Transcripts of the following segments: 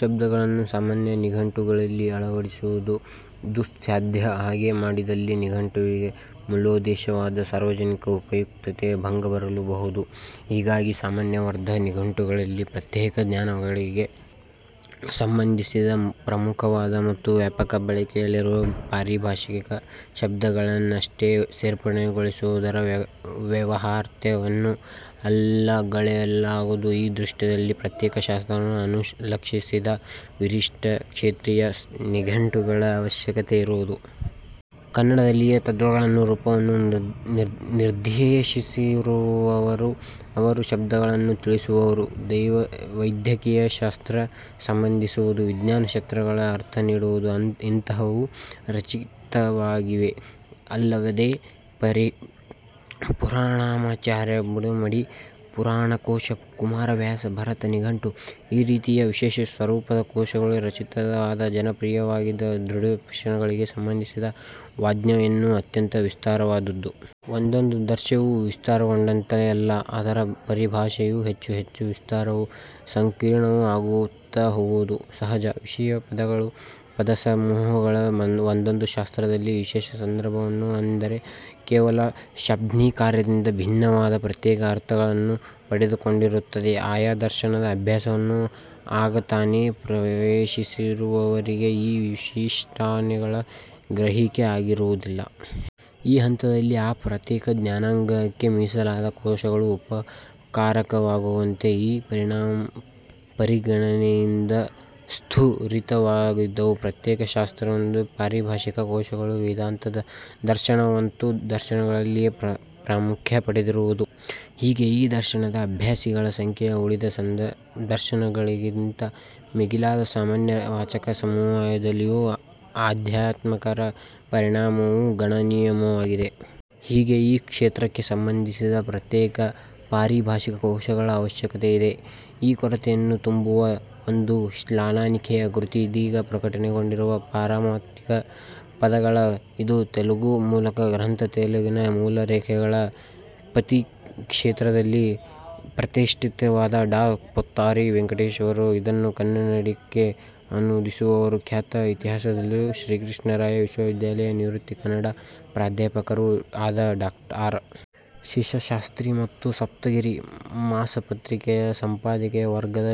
ಶಬ್ದಗಳನ್ನೂ ಸಾಮಾನ್ಯ ನಿಘಂಟುವಿನಲ್ಲಿ ಅಳವಡಿಸುವುದು ದುಃಸಾಧ್ಯ. ಹಾಗೆ ಮಾಡಿದಲ್ಲಿ ನಿಘಂಟುವಿನ ಮೂಲೋದ್ದೇಶವಾದ ಸಾರ್ವಜನಿಕ ಉಪಯುಕ್ತತೆಗೆ ಭಂಗ ಬರಲೂಬಹುದು. ಹೀಗಾಗಿ ಸಾಮಾನ್ಯವರ್ಗದ ನಿಘಂಟುಗಳಲ್ಲಿ ಪ್ರತ್ಯೇಕ ಜ್ಞಾನಾಂಗಗಳಿಗೆ ಸಂಬಂಧಿಸಿದ ಪ್ರಮುಖವಾದ ಮತ್ತು ವ್ಯಾಪಕ ಬಳಕೆಯಲ್ಲಿರುವ ಪಾರಿಭಾಷಿಕ ಶಬ್ದಗಳನ್ನಷ್ಟೆ ಸೇರ್ಪಡೆಗೊಳಿಸುವುದರ ವ್ಯವಹಾರ್ಯತೆಯನ್ನು ಅಲ್ಲಗಳೆಯಲಾಗದು. ಈ ದೃಷ್ಟಿಯಿಂದಲೇ ಪ್ರತ್ಯೇಕ ಶಾಸ್ತ್ರಗಳನ್ನು ಅನುಲಕ್ಷಿಸಿದ ವಿಶಿಷ್ಟ ಕ್ಷೇತ್ರೀಯ ನಿಘಂಟುಗಳ ಆವಶ್ಯಕತೆ ಇರುವುದು. ಕನ್ನಡದಲ್ಲಿಯೆ ತದ್ಭವಗಳ ರೂಪವನ್ನು ನಿರ್ದೇಶಿಸಿರುವವು, ಜೀವಶಾಸ್ತ್ರ ಶಬ್ದಗಳನ್ನು ತಿಳಿಸುವವು, ವೈದ್ಯಕೀಯಶಾಸ್ತ್ರ ಸಂಬಂಧಿಯಾದವು, ವಿಜ್ಞಾನಶಬ್ದಗಳ ಅರ್ಥವನ್ನು ನೀಡುವವು – ಇಂತಹವು ರಚಿತವಾಗಿವೆ. ಇವಲ್ಲದೆ ಪುರಾಣನಾಮಚೂಡಾಮಣಿ, ಪುರಾಣಕೋಶ, ಕುಮಾರವ್ಯಾಸ ಭಾರತ ನಿಘಂಟು – ಈ ರೀತಿಯ ವಿಶಿಷ್ಟಸ್ವರೂಪದ ಕೋಶಗಳೂ ರಚಿತವಾಗಿ ಜನಪ್ರಿಯವಾಗಿವೆ. ಷಡ್ದರ್ಶನಗಳಿಗೆ ಸಂಬಂಧಿಸಿದ ವಾಙ್ಮಯವು ಅತ್ಯಂತ ವಿಸ್ತಾರವಾದುದು. ಒಂದೊಂದು ದರ್ಶನವೂ ವಿಸ್ತಾರಗೊಂಡಂತೆಲ್ಲ ಅದರ ಪರಿಭಾಷೆಯೂ ಹೆಚ್ಚುಹೆಚ್ಚು ವಿಸ್ತಾರವೂ ಸಂಕೀರ್ಣವೂ ಆಗುತ್ತಹೋಗುವುದು ಸಹಜ. ವಿಶಿಷ್ಟ ಪದಗಳೂ ಪದಸಮೂಹಗಳೂ ಒಂದೊಂದು ಶಾಸ್ತ್ರದಲ್ಲಿ ವಿಶೇಷ ಅರ್ಥಗಳನ್ನು – ಎಂದರೆ ಕೇವಲ ಶಾಬ್ದಿಕಾರ್ಥದಿಂದ ಭಿನ್ನವಾದ ಪ್ರತ್ಯೇಕ ಅರ್ಥಗಳನ್ನು – ಪಡೆದುಕೊಂಡಿರುತ್ತವೆ. ಆಯಾ ದರ್ಶನದ ಅಭ್ಯಾಸವನ್ನು ಆಗತಾನೇ ಪ್ರವೇಶಿಸಿರುವವರಿಗೆ ಈ ವಿಶಿಷ್ಟಾರ್ಥಗಳ ಗ್ರಹಿಕೆ ಆಗಿರುವುದಿಲ್ಲ. ಈ ಹಂತದಲ್ಲಿ ಆ ಪ್ರತ್ಯೇಕ ಜ್ಞಾನಾಂಗಕ್ಕೇ ಮೀಸಲಾದ ಕೋಶಗಳು ಉಪಕಾರಕವಾಗುತ್ತವೆ. ಈ ಪರಿಗಣನೆಯಿಂದ ಸ್ಫುರಿತವಾಗುವವು ಪ್ರತ್ಯೇಕ ಶಾಸ್ತ್ರಕ್ಷೇತ್ರದ ಪಾರಿಭಾಷಿಕ ಕೋಶಗಳು. ವೇದಾಂತ ದರ್ಶನವಂತೂ ದರ್ಶನಗಳಲ್ಲಿ ಪ್ರಾಮುಖ್ಯ ಪಡೆದಿರುವುದು. ಹೀಗೆ ಈ ದರ್ಶನದ ಅಭ್ಯಾಸಿಗಳ ಸಂಖ್ಯೆಯು ಉಳಿದ ದರ್ಶನಗಳದ್ದಕ್ಕಿಂತ ಮಿಗಿಲಾಗಿದೆ. ಸಾಮಾನ್ಯ ವಾಚಕ ಸಮುದಾಯದಲ್ಲಿಯೂ ಅಧ್ಯಾತ್ಮಾಸಕ್ತರ ಪರಿಮಾಣವು ಗಣನೀಯವಾಗಿದೆ. ಹೀಗೆ ಈ ಕ್ಷೇತ್ರಕ್ಕೇ ಸಂಬಂಧಿಸಿದ ಪ್ರತ್ಯೇಕ ಪಾರಿಭಾಷಿಕ ಕೋಶಗಳ ಆವಶ್ಯಕತೆ ಇದೆ. ಈ ಕೊರತೆಯನ್ನು ತುಂಬುವ ಒಂದು ಶ್ಲಾಘನೀಯ ಕೃತಿ ಇದೀಗ ಪ್ರಕಟಗೊಂಡಿರುವ 'ಪಾರಮಾರ್ಥಿಕ ಪದಕೋಶ'. ಇದು ತೆಲುಗು ಮೂಲದ ಗ್ರಂಥ. ತೆಲುಗಿನ ಮೂಲಲೇಖಕರು ಪತ್ರಿಕೋದ್ಯಮ ಕ್ಷೇತ್ರದಲ್ಲಿ ಪ್ರತಿಷ್ಠಿತರಾದ ಡಾ ಪೊತ್ತೂರಿ ವೆಂಕಟೇಶ್ವರರಾವು. ಇದನ್ನು ಕನ್ನಡಕ್ಕೆ ಅನುವಾದಿಸಿರುವವರು ಖ್ಯಾತ ಇತಿಹಾಸಜ್ಞರೂ ಶ್ರೀಕೃಷ್ಣದೇವರಾಯ ವಿಶ್ವವಿದ್ಯಾಲಯದ ನಿವೃತ್ತ ಕನ್ನಡ ಪ್ರಾಧ್ಯಾಪಕರೂ ಆದ ಡಾ ಆರ್. ಶೇಷಶಾಸ್ತ್ರೀ ಮತ್ತು 'ಸಪ್ತಗಿರಿ' ಮಾಸಪತ್ರಿಕೆಯ ಸಂಪಾದಕೀಯ ವರ್ಗದ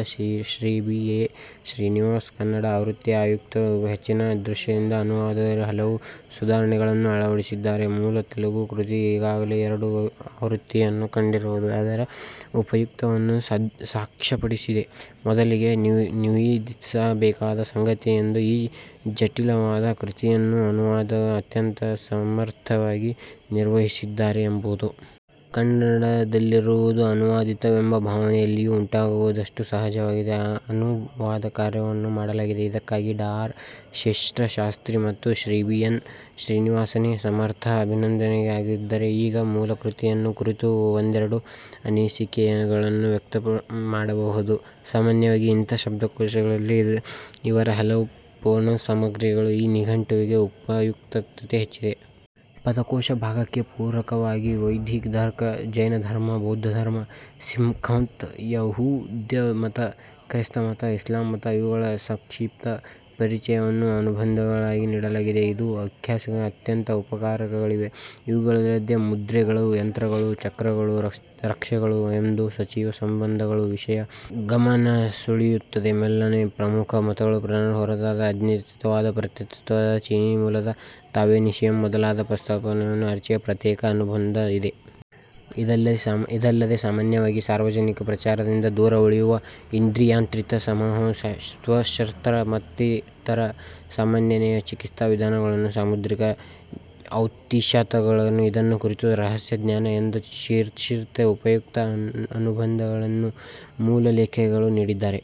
ಶ್ರೀ ಬಿ. ಎನ್. ಶ್ರೀನಿವಾಸನ್. ಕನ್ನಡ ಆವೃತ್ತಿಯ ಉಪಯುಕ್ತತೆಯನ್ನು ಹೆಚ್ಚಿಸುವ ದೃಷ್ಟಿಯಿಂದ ಅನುವಾದಕರು ಹಲವು ಸುಧಾರಣೆಗಳನ್ನು ಅಳವಡಿಸಿದ್ದಾರೆ. ಮೂಲ ತೆಲುಗು ಕೃತಿ ಈಗಾಗಲೇ ಎರಡು ಆವೃತ್ತಿಗಳನ್ನು ಕಂಡಿರುವುದು ಅದರ ಉಪಯುಕ್ತತೆಯನ್ನು ಸಾಕ್ಷ್ಯಪಡಿಸಿದೆ. ಮೊದಲಿಗೇ ನಿವೇದಿಸಬೇಕಾದ ಸಂಗತಿಯೆಂದರೆ ಈ ಜಟಿಲವಾದ ಕೃತಿಯನ್ನು ಅನುವಾದಕರು ಅತ್ಯಂತ ಸಮರ್ಥವಾಗಿ ನಿರ್ವಹಿಸಿದ್ದಾರೆ ಎಂಬುದು. ಕನ್ನಡದಲ್ಲಿರುವುದು ಅನುವಾದಿತವೆಂಬ ಭಾವನೆ ಎಲ್ಲಿಯೂ ಉಂಟಾಗದಷ್ಟು ಸಹಜವಾಗಿ ಅನುವಾದಕಾರ್ಯವನ್ನು ಮಾಡಲಾಗಿದೆ. ಇದಕ್ಕಾಗಿ ಡಾ ಆರ್. ಶೇಷಶಾಸ್ತ್ರೀ ಮತ್ತು ಶ್ರೀ ಬಿ. ಎನ್. ಶ್ರೀನಿವಾಸನ್ ಸರ್ವಥಾ ಅಭಿನಂದನೀಯರಾಗಿದ್ದಾರೆ. ಈಗ ಮೂಲಕೃತಿಯನ್ನು ಕುರಿತು ಒಂದೆರಡು ಅನಿಸಿಕೆಗಳನ್ನು ವ್ಯಕ್ತಮಾಡಬಹುದು. ಸಾಮಾನ್ಯವಾಗಿ ಇಂತಹ ಶಬ್ದಕೋಶಗಳಲ್ಲಿ ಇರದ ಹಲವು ಪೂರಕ ಸಾಮಗ್ರಿಗಳಿಂದ ಈ ನಿಘಂಟುವಿನ ಉಪಯುಕ್ತತೆ ಹೆಚ್ಚಿದೆ. ಪದಕೋಶ ಭಾಗಕ್ಕೆ ಪೂರಕವಾಗಿ ವೈದಿಕಧರ್ಮ, ಜೈನಧರ್ಮ, ಬೌದ್ಧಧರ್ಮ, ಸಿಖ್ಮತ, ಯಹೂದ್ಯಮತ, ಕ್ರೈಸ್ತಮತ, ಇಸ್ಲಾಂಮತ – ಇವುಗಳ ಸಂಕ್ಷಿಪ್ತ ಪರಿಚಯಗಳನ್ನು ಅನುಬಂಧಗಳಾಗಿ ನೀಡಲಾಗಿದೆ. ಇದು ಅಭ್ಯಾಸಿಗಳಿಗೆ ಅತ್ಯಂತ ಉಪಕಾರಕಗಳಾಗಿವೆ. ಇವುಗಳಲ್ಲದೆ 'ಮುದ್ರೆಗಳು, ಯಂತ್ರಗಳು, ಚಕ್ರಗಳು, ರಕ್ಷೆಗಳು' ಎಂಬ ಸಚಿತ್ರ ಅನುಬಂಧವು ವಿಶೇಷ ಗಮನ ಸೆಳೆಯುತ್ತದೆ. ಮೇಲಣ ಪ್ರಮುಖ ಮತಗಳ ಪ್ರಾಕಾರಕ್ಕೆ ಹೊರತಾದ ಅಜ್ಞೇಯತಾವಾದ, ಪ್ರಕೃತ್ಯಾರಾಧನೆ, ಚೀನೀ ಮೂಲದ ತಾವೋಯಿಸಂ ಮೊದಲಾದ ಪ್ರಸ್ಥಾನಗಳನ್ನು ಪರಿಚಯಿಸುವ ಪ್ರತ್ಯೇಕ ಅನುಬಂಧ ಇದೆ. ಇದಲ್ಲದೆ ಸಾಮಾನ್ಯವಾಗಿ ಸಾರ್ವಜನಿಕ ಪ್ರಚಾರದಿಂದ ದೂರ ಉಳಿಯುವ ಇಂದ್ರಿಯಾತೀತ ಸಂವಹನ, ಸ್ಪರ್ಶತಂತ್ರ ಮತ್ತಿತರ ಅಸಾಮಾನ್ಯ ಚಿಕಿತ್ಸಾವಿಧಾನಗಳು, ಸಾಮುದ್ರಿಕ ಜ್ಯೌತಿಷಾದಿಗಳು – ಇವನ್ನು ಕುರಿತ 'ರಹಸ್ಯ ಜ್ಞಾನ' ಎಂಬ ಶೀರ್ಷಿಕೆಯ ಉಪಯುಕ್ತ ಅನುಬಂಧವನ್ನೂ ಮೂಲಲೇಖಕರು ನೀಡಿದ್ದಾರೆ.